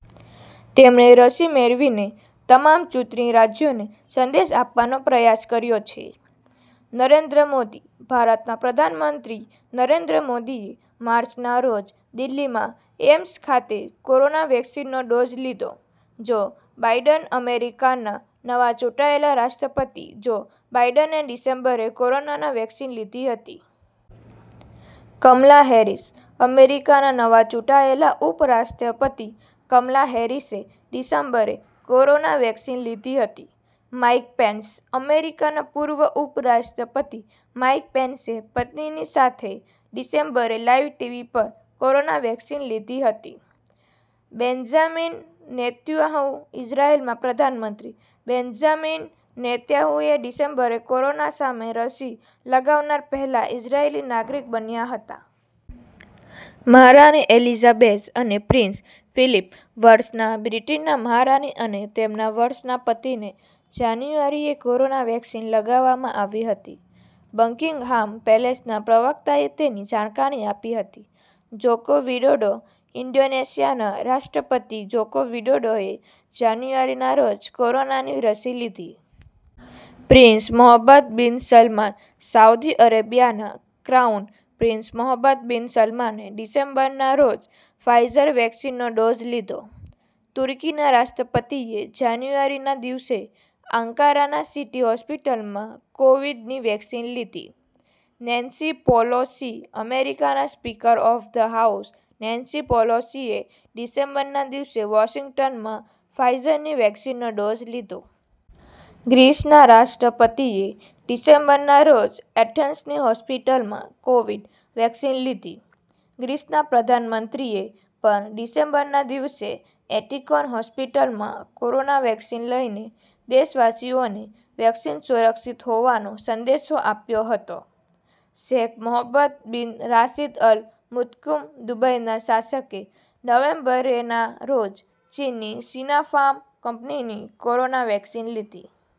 તેમણે રસી મેળવીને તમામ ચૂંટણી રાજ્યોને સંદેશ આપવાનો પ્રયાસ કર્યો છે.. નરેન્દ્ર મોદી ભારતના પ્રધાનમંત્રી નરેન્દ્ર મોદી એ માર્ચ ના રોજ દિલ્લીમાં એઈમ્સ ખાતે કોરોના વેક્સીનનો ડોઝ લીધો.. જો બાઈડેન અમેરિકાના નવા ચૂંટાયેલા રાષ્ટ્રપતિ જો બાઈડેને ડિસેમ્બરે કોરોનાના વેક્સીન લીધી હતી.. કમલા હેરિસ અમેરિકાના નવા ચૂંટાયેલા ઉપરાષ્ટ્રપતિ કમલા હેરિસે ડિસેમ્બરે કોરોના વેક્સીન લીધી હતી.. માઈક પેન્સ અમેરિકાના પૂર્વ ઉપરાષ્ટ્રપતિ માઈક પેન્સે પત્નીની સાથે ડિસેમ્બરે લાઈવ ટીવી પર કોરોના વેક્સીન લીધી હતી.. બેન્ઝામીન નેતયાહૂ ઈઝરાયલના પ્રધાનમંત્રી બેન્ઝામીન નેતયાહૂએ ડિસેમ્બરે કોરોના સામે રસી લગાવનારા પહેલા ઈઝરાયલી નાગરિક બન્યા હતા.. મહારાણી એલિઝાબેઝ અને પ્રિન્સ ફિલિપ વર્ષના બ્રિટનના મહારાણી અને તેમના વર્ષના પતિને જાન્યુઆરીએ કોરોના વેક્સીન લગાવવામાં આવી હતી. બકિંગહામ પેલેસના પ્રવક્તાએ તેની જાણકારી આપી હતી.. જોકો વિડોડો ઈન્ડોનેશિયાના રાષ્ટ્રપતિ જોકો વિડોડોએ જાન્યુઆરી ના રોજ કોરોનાની રસી લીધી.. prince Mohammed bin Salman Saudi અરેબિયાના ક્રાઉન પ્રિન્સ મોહમ્મદ બિન સલમાને ડિસેમ્બર ના રોજ ફાઈઝર વેક્સીનનો ડોઝ લીધો.. તુર્કીના રાષ્ટ્રપતિએ જાન્યુઆરી ના દિવસે અંકારાના સિટી હોસ્પિટલમાં કોવિડ- ની વેક્સીન લીધી.. નેન્સી પોલોસી અમેરિકાના speaker of the house Nancy પોલોસીએ ડિસેમ્બર ના દિવસે વોશિંગ્ટનમાં ફાઈઝરની વેક્સીનનો ડોઝ લીધો.. ગ્રીસના રાષ્ટ્રપતિએ ડિસેમ્બર ના રોજ એથેન્સની હોસ્પિટલમાં કોવિડ- વેક્સીન લીધી.. ગ્રીસના પ્રધાનમંત્રીએ પણ ડિસેમ્બરના દિવસે એટિકોર હોસ્પિટલમાં કોરોના વેક્સીન લઈને દેશવાસીઓને વેક્સીન સુરક્ષિત હોવાનો સંદશો આપ્યો હતો.. શેખ મોહમ્મદ બિન રાશિદ અલ મુત્કુમ દુબઈના શાસકે નવેમ્બરે ના રોજ ચીનની સિનાફાર્મ કંપનીની કોરોના વેક્સીન લીધી.